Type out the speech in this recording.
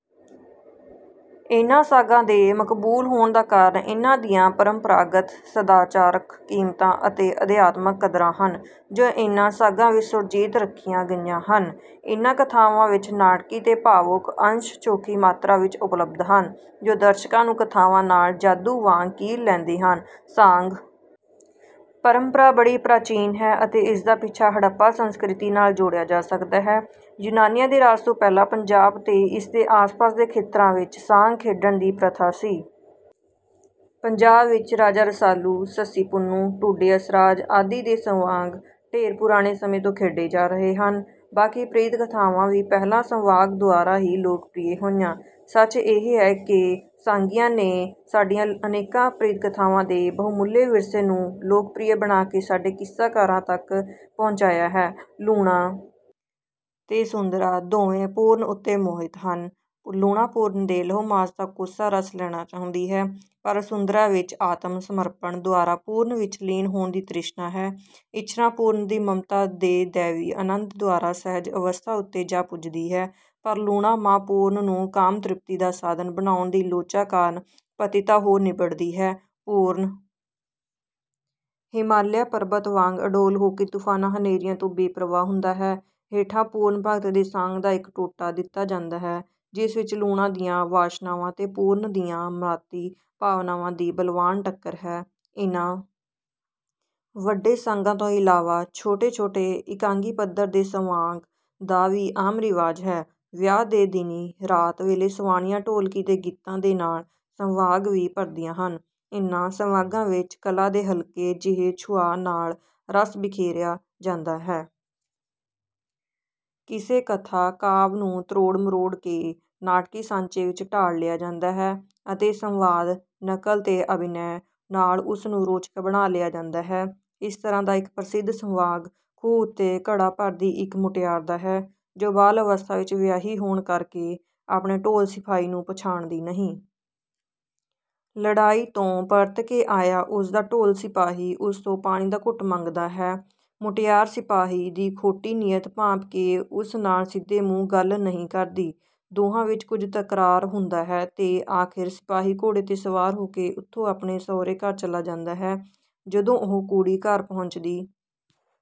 ਇਨ੍ਹਾਂ ਸਾਂਗਾਂ ਦੇ ਮਕਬੂਲ ਹੋਣ ਦਾ ਕਾਰਨ ਇਨ੍ਹਾਂ ਦੀਆਂ ਪਰੰਪਰਾਗਤ ਸਦਾਚਾਰਕ ਕੀਮਤਾਂ ਅਤੇ ਅਧਿਆਤਮਕ ਕਦਰਾਂ ਹਨ, ਜੋ ਇਨ੍ਹਾਂ ਸਾਂਗਾਂ ਵਿੱਚ ਸੁਰਜੀਤ ਰੱਖੀਆਂ ਗਈਆਂ ਹਨ। ਇਨ੍ਹਾਂ ਕਥਾਵਾਂ ਵਿੱਚ ਨਾਟਕੀ ਤੇ ਭਾਵੁਕ ਅੰਸ਼ ਚੋਖੀ ਮਾਤਰਾ ਵਿੱਚ ਉਪਲੱਬਧ ਹਨ, ਜੋ ਦਰਸ਼ਕਾਂ ਨੂੰ ਕਥਾਵਾਂ ਨਾਲ ਜਾਦੂ ਵਾਂਗ ਕੀਲ ਲੈਂਦੇ ਹਨ। ਸਾਂਗ ਪਰੰਪਰਾ ਬੜੀ ਪ੍ਰਾਚੀਨ ਹੈ ਅਤੇ ਇਸ ਦਾ ਪਿੱਛਾ ਹੜੱਪਾ ਸੰਸਕ੍ਰਿਤੀ ਨਾਲ ਜੋੜਿਆ ਜਾ ਸਕਦਾ ਹੈ। ਯੂਨਾਨੀਆਂ ਦੇ ਰਾਜ ਤੋਂ ਪਹਿਲਾਂ ਪੰਜਾਬ ਤੇ ਇਸ ਦੇ ਆਸ-ਪਾਸ ਦੇ ਖੇਤਰਾਂ ਵਿੱਚ ਸਾਂਗ ਖੇਡਣ ਦੀ ਪ੍ਰਥਾ ਸੀ। ਪੰਜਾਬ ਵਿੱਚ ਰਾਜਾ ਰਸਾਲੂ, ਸੱਸੀ-ਪੁੰਨੂੰ, ਟੁੰਡੇ ਅਸਰਾਜ ਆਦਿ ਦੇ ਸਵਾਂਗ ਢੇਰ ਪੁਰਾਣੇ ਸਮੇਂ ਤੋਂ ਖੇਡੇ ਜਾ ਰਹੇ ਹਨ। ਬਾਕੀ ਪ੍ਰੀਤ-ਕਥਾਵਾਂ ਵੀ ਪਹਿਲਾਂ ਸਵਾਂਗ ਦੁਆਰਾ ਹੀ ਲੋਕਪ੍ਰਿਅ ਹੋਈਆਂ। ਸੱਚ ਇਹ ਹੈ ਕਿ ਸਾਂਗੀਆਂ ਨੇ ਸਾਡੀਆਂ ਅਨੇਕਾਂ ਪ੍ਰੀਤ-ਕਥਾਵਾਂ ਦੇ ਬਹੁਮੁੱਲੇ ਵਿਰਸੇ ਨੂੰ ਲੋਕਪ੍ਰਿਅ ਬਣਾ ਕੇ ਸਾਡੇ ਕਿੱਸਾਕਾਰਾਂ ਤੱਕ ਪਹੁੰਚਾਇਆ ਹੈ। ਲੂਣਾਂ ਤੇ ਸੁੰਦਰਾਂ ਦੋਵੇਂ ਪੂਰਨ ਉੱਤੇ ਮੋਹਿਤ ਹਨ। ਲੂਣਾਂ ਪੂਰਨ ਦੇ ਲਹੂ-ਮਾਸ ਦਾ ਕੋਸਾ ਰਸ ਲੈਣਾ ਚਾਹੁੰਦੀ ਹੈ, ਪਰ ਸੁੰਦਰਾਂ ਵਿੱਚ ਆਤਮ-ਸਮਰਪਣ ਦੁਆਰਾ ਪੂਰਨ ਵਿੱਚ ਲੀਨ ਹੋਣ ਦੀ ਤ੍ਰਿਸ਼ਨਾ ਹੈ। ਇੱਛਰਾਂ ਪੂਰਨ ਦੀ ਮਮਤਾ ਦੇ ਦੈਵੀ ਆਨੰਦ ਦੁਆਰਾ ਸਹਿਜ ਅਵਸਥਾ ਉੱਤੇ ਜਾ ਪੁੱਜਦੀ ਹੈ, ਪਰ ਲੂਣਾਂ ਮਾਂ ਪੂਰਨ ਨੂੰ ਕਾਮ-ਤ੍ਰਿਪਤੀ ਦਾ ਸਾਧਨ ਬਣਾਉਣ ਦੀ ਲੋਚਾ ਕਾਰਨ ਪਤਿਤਾ ਹੋ ਨਿਬੜਦੀ ਹੈ। ਪੂਰਨ ਹਿਮਾਲਿਆ ਪਰਬਤ ਵਾਂਗ ਅਡੋਲ ਹੋ ਕੇ ਤੂਫ਼ਾਨਾਂ-ਹਨੇਰੀਆਂ ਤੋਂ ਬੇਪ੍ਰਵਾਹ ਹੁੰਦਾ ਹੈ। ਹੇਠਾਂ ਪੂਰਨ ਭਗਤ ਦੇ ਸਾਂਗ ਦਾ ਇੱਕ ਟੋਟਾ ਦਿੱਤਾ ਜਾਂਦਾ ਹੈ, ਜਿਸ ਵਿੱਚ ਲੂਣਾਂ ਦੀਆਂ ਵਾਸ਼ਨਾਵਾਂ ਤੇ ਪੂਰਨ ਦੀਆਂ ਮਾਤ੍ਰੀ ਭਾਵਨਾਵਾਂ ਦੀ ਬਲਵਾਨ ਟੱਕਰ ਹੈ। ਇਨ੍ਹਾਂ ਵੱਡੇ ਸਾਂਗਾਂ ਤੋਂ ਇਲਾਵਾ ਛੋਟੇ-ਛੋਟੇ, ਇਕਾਂਗੀ ਪੱਧਰ ਦੇ ਸਵਾਂਗ ਦਾ ਵੀ ਆਮ ਰਿਵਾਜ ਹੈ। ਵਿਆਹ ਦੇ ਦਿਨੀਂ ਰਾਤ ਵੇਲੇ ਸਵਾਣੀਆਂ ਢੋਲਕੀ ਦੇ ਗੀਤਾਂ ਦੇ ਨਾਲ ਸਵਾਂਗ ਵੀ ਭਰਦੀਆਂ ਹਨ। ਇਨ੍ਹਾਂ ਸਵਾਂਗਾਂ ਵਿੱਚ ਕਲਾ ਦੇ ਹਲਕੇ ਜਿਹੇ ਛੁਹਾਅ ਨਾਲ ਰਸ ਬਿਖੇਰਿਆ ਜਾਂਦਾ ਹੈ। ਕਿਸੇ ਕਥਾ-ਕਾਵਿ ਨੂੰ ਤਰੋੜ-ਮਰੋੜ ਕੇ ਨਾਟਕੀ ਸਾਂਚੇ ਵਿੱਚ ਢਾਲ ਲਿਆ ਜਾਂਦਾ ਹੈ ਅਤੇ ਸੰਵਾਦ, ਨਕਲ ਤੇ ਅਭਿਨੈ ਨਾਲ ਉਸ ਨੂੰ ਰੋਚਕ ਬਣਾ ਲਿਆ ਜਾਂਦਾ ਹੈ। ਇਸ ਤਰ੍ਹਾਂ ਦਾ ਇੱਕ ਪ੍ਰਸਿੱਧ ਸਵਾਂਗ ਖੂਹ ਉੱਤੇ ਘੜਾ ਭਰਦੀ ਇੱਕ ਮੁਟਿਆਰ ਦਾ ਹੈ, ਜੋ ਬਾਲ ਅਵਸਥਾ ਵਿੱਚ ਵਿਆਹੀ ਹੋਣ ਕਰਕੇ ਆਪਣੇ ਢੋਲ-ਸਿਪਾਹੀ ਨੂੰ ਪਛਾਣਦੀ ਨਹੀਂ। ਲੜਾਈ ਤੋਂ ਪਰਤ ਕੇ ਆਇਆ ਉਸ ਦਾ ਢੋਲ-ਸਿਪਾਹੀ ਉਸ ਤੋਂ ਪਾਣੀ ਦਾ ਘੁੱਟ ਮੰਗਦਾ ਹੈ। ਮੁਟਿਆਰ ਸਿਪਾਹੀ ਦੀ ਖੋਟੀ ਨੀਅਤ ਭਾਂਪ ਕੇ ਉਸ ਨਾਲ ਸਿੱਧੇ ਮੂੰਹ ਗੱਲ ਨਹੀਂ ਕਰਦੀ। ਦੋਹਾਂ ਵਿੱਚ ਕੁਝ ਤਕਰਾਰ ਹੁੰਦਾ ਹੈ ਤੇ ਆਖ਼ਿਰ ਸਿਪਾਹੀ ਘੋੜੇ ’ਤੇ ਸਵਾਰ ਹੋ ਕੇ ਉੱਥੋਂ ਆਪਣੇ ਸਹੁਰੇ ਘਰ ਚਲਾ ਜਾਂਦਾ ਹੈ। ਜਦੋਂ ਉਹ ਕੁੜੀ ਘਰ ਪਹੁੰਚਦੀ...